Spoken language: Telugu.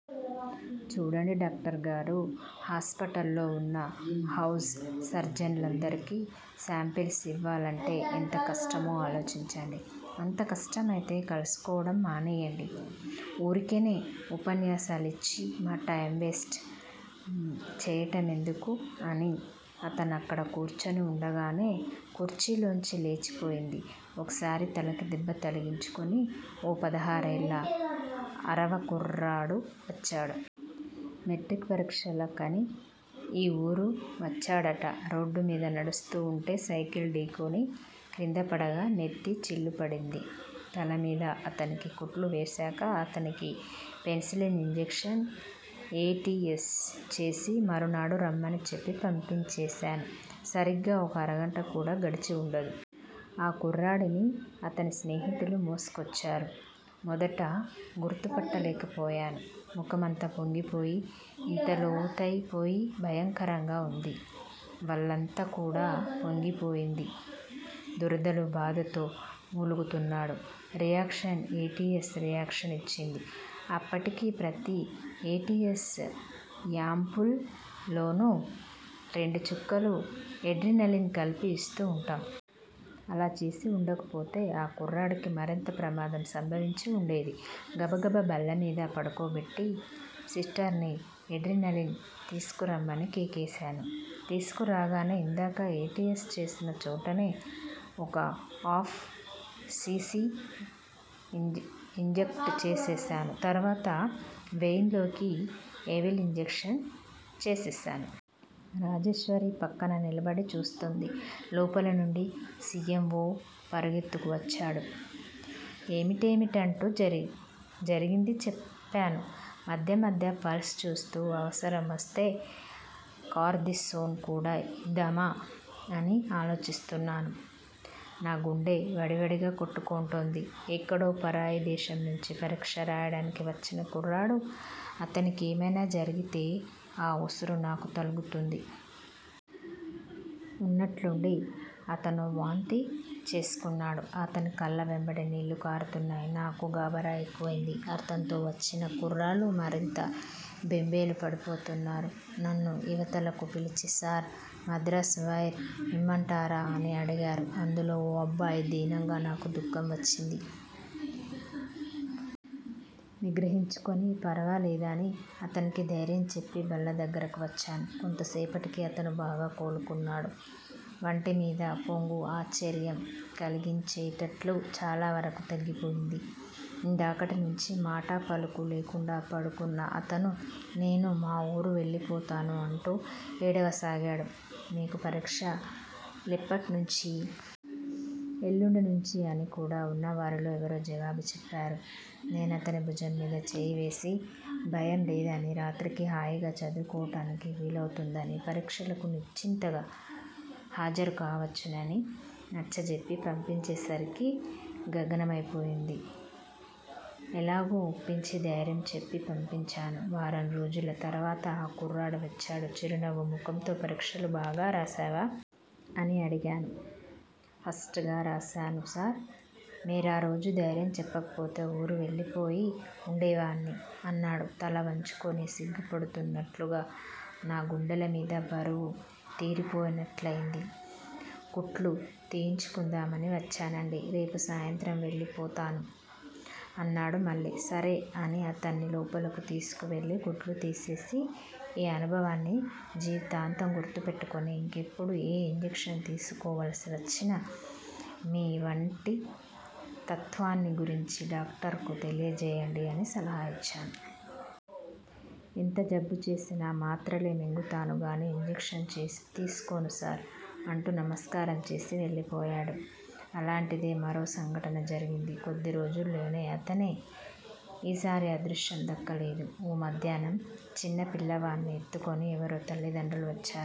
చూడండి డాక్టరుగారూ! హాస్పిటల్లో వున్న హౌస్ సర్జన్లందరికీ శాంపిల్స్ ఇవ్వాలంటే ఎంత కష్టమో ఆలోచించండి. అంత కష్టమైతే కలుసుకోవటం మానేయ్యండి. ఊరికినే ఉపన్యాసాలు ఇచ్చి మా టైమ్ వేస్ట్ చేయటమెందుకు? అని, అతనక్కడ కూర్చుని వుండగానే కుర్చీలోంచి లేచిపోయింది. ఒకసారి తలకి దెబ్బ తగిలించుకుని ఓ పదహారేళ్ళ అరవ కుర్రాడు వచ్చాడు. మెట్రిక్ పరీక్షలకని ఈ ఊరు వచ్చాడట రోడ్డు మీద నడుస్తూ వుంటే సైకిలు ఢీకొని క్రిందపడగా నెత్తి చిల్లుపడింది. తలమీద అతనికి కుట్లు వేశాక అతనికి penicillin injection, A. T. S. చేసి మరునాడు రమ్మని చెప్పి పంపించేశాను. సరిగ్గా ఒక అరగంట కూడా గడిచి వుండదు. ఆ కుర్రాడిని అతని స్నేహితులు మోసుకొచ్చారు. మొదట గుర్తుపట్టలేకపోయాను. ముఖమంతా పొంగిపోయి, ఇంతలోతైపోయి భయంకరంగా వుంది. వళ్ళంతా కూడా పొంగిపోయింది. దురదలు, బాధతో మూలుగుతున్నాడు. Reaction! A. T. S. Reaction ఇచ్చింది. అప్పటికి ప్రతి ఎ. టి. ఎస్. యాంప్యూల్ లోనూ రెండు చుక్కలు ఎడ్రినలిన్ కలిపి ఇస్తూ వుంటాము. అలా చేసివుండకపోతే ఆ కుర్రాడికి మరింత ప్రమాదం సంభవించి వుండేది. గబగబ బల్లమీద పడుకోబెట్టి సిస్టర్ని ఎడ్రినలిన్ తీసుకురమ్మని కేకేశాను. తీసుకురాగానే ఇందాక ఎ. టి. ఎస్. చేసిన చోటనే ఒక ఆఫ్ సి. సి. ఇంజక్ట్ చేసేశాను. తర్వాత వెయిన్ లోకి ఎవిల్ ఇంజక్షన్ చేసేశాను. రాజేశ్వరి ప్రక్కన నిలబడి చూస్తోంది లోపలినుండి సి. ఎమ్. ఓ. పరిగెత్తుకు వచ్చాడు, ఏమిటేమిటంటూ జరిగింది చెప్పాను. మధ్య మధ్య పల్స్ చూస్తూ, అవసరమొస్తే కార్దిసోన్ కూడా ఇద్దామా అని ఆలోచిస్తున్నాను. నా గుండె వడి వడిగా కొట్టుకుంటోంది. ఎక్కడో పరాయి దేశం నుంచి పరీక్ష రాయటానికి వచ్చిన కుర్రాడు, అతనికేమైనా జరిగితే ఆ ఉసురు నాకు తగుల్తుంది. ఉన్నట్లుండి అతనో వాంతి చేసుకున్నాడు. అతని కళ్ళ వెంబడి నీళ్ళు కారుతున్నాయి. నాకు గాబరా ఎక్కువయింది. అతన్తో వచ్చిన కుర్రాళ్ళు మరింత బెంబేలు పడిపోతున్నారు. నన్ను ఇవతలకు పిలిచి సార్! మద్రాస్ వైర్ ఇమ్మంటారా అని అడిగాడు అందులో ఓ అబ్బాయి, దీనంగా. నాకు దుఃఖం వచ్చింది. నిగ్రహించుకుని, పర్వాలేదని అతనికి ధైర్యం చెప్పి బల్ల దగ్గరకు వచ్చాను. కొంతసేపటికి అతను బాగా కోలుకున్నాడు. వంటిమీద పొంగు ఆశ్చర్యం కలిగించేటట్లు చాలా వరకూ తగ్గిపోయింది. ఇందాకటి నుంచీ మాటా పలుకూ లేకుండా పడుకున్న అతను నేను మా ఊరు వెళ్ళిపోతాను అంటూ ఏడవసాగాడు. మీకు పరీక్ష లెప్పట్నుంచి? ఎల్లుండి నుంచి అని కూడా వున్నవారిలో ఎవరో జవాబు చెప్పారు. నేనతని భుజంమీద చేయివేసి భయంలేదనీ, రాత్రికి హాయిగా చదువుకోవటానికి వీలవుతుందనీ, పరీక్షలకు నిశ్చింతగా హాజరు కావచ్చుననీ నచ్చజెప్పి పప్పించేసరికి గగనమై పోయింది ఎలాగో ఒప్పించి ధైర్యం చెప్పి పంపించాను. వారంరోజుల తర్వాత ఆ కుర్రాడు వచ్చాడు, చిరునవ్వు ముఖంతో పరీక్షలు బాగా రాశావా? అని అడిగాను. ఫస్ట్ గా రాశాను సార్! మీరారోజు ధైర్యం చెప్పకపోతే ఊరు వెళ్ళిపోయి వుండేవాణ్ని అన్నాడు తల వంచుకుని, సిగ్గుపడుతూన్నట్లుగా. నా గుండెలమీద బరువు తీరిపోయినట్లయింది. కుట్లు తీయించుకుందామని వచ్చానండీ. రేపు సాయంత్రం వెళ్ళిపోతాను అన్నాడు మళ్ళీ. సరే అని అతన్ని లోపలకు తీసుకువెళ్ళి కుట్లు తీసేసి ఈ అనుభవాన్ని జీవితాంతం గుర్తు పెట్టుకుని, ఇంకెప్పుడూ ఏ ఇంజక్షన్ తీసుకోవలసి వచ్చినా మీ వంటి తత్వాన్ని గురించి డాక్టరుకు తెలియజేయండి అని సలహా ఇచ్చాను. ఎంత జబ్బుచేసినా మాత్రలే మింగుతాను గాని ఇంజక్షన్ తీసుకోను సార్! అంటూ నమస్కారం చేసి, వెళ్ళిపోయాడు. అలాంటిదే మరో సంఘటన జరిగింది, కొద్ది రోజుల్లోనే. అయితే ఈసారి అదృష్టం దక్కలేదు. ఓ మధ్యాహ్నం చిన్నపిల్లాణ్ని ఎత్తుకుని ఎవరో తల్లిదండ్రులు వచ్చారు.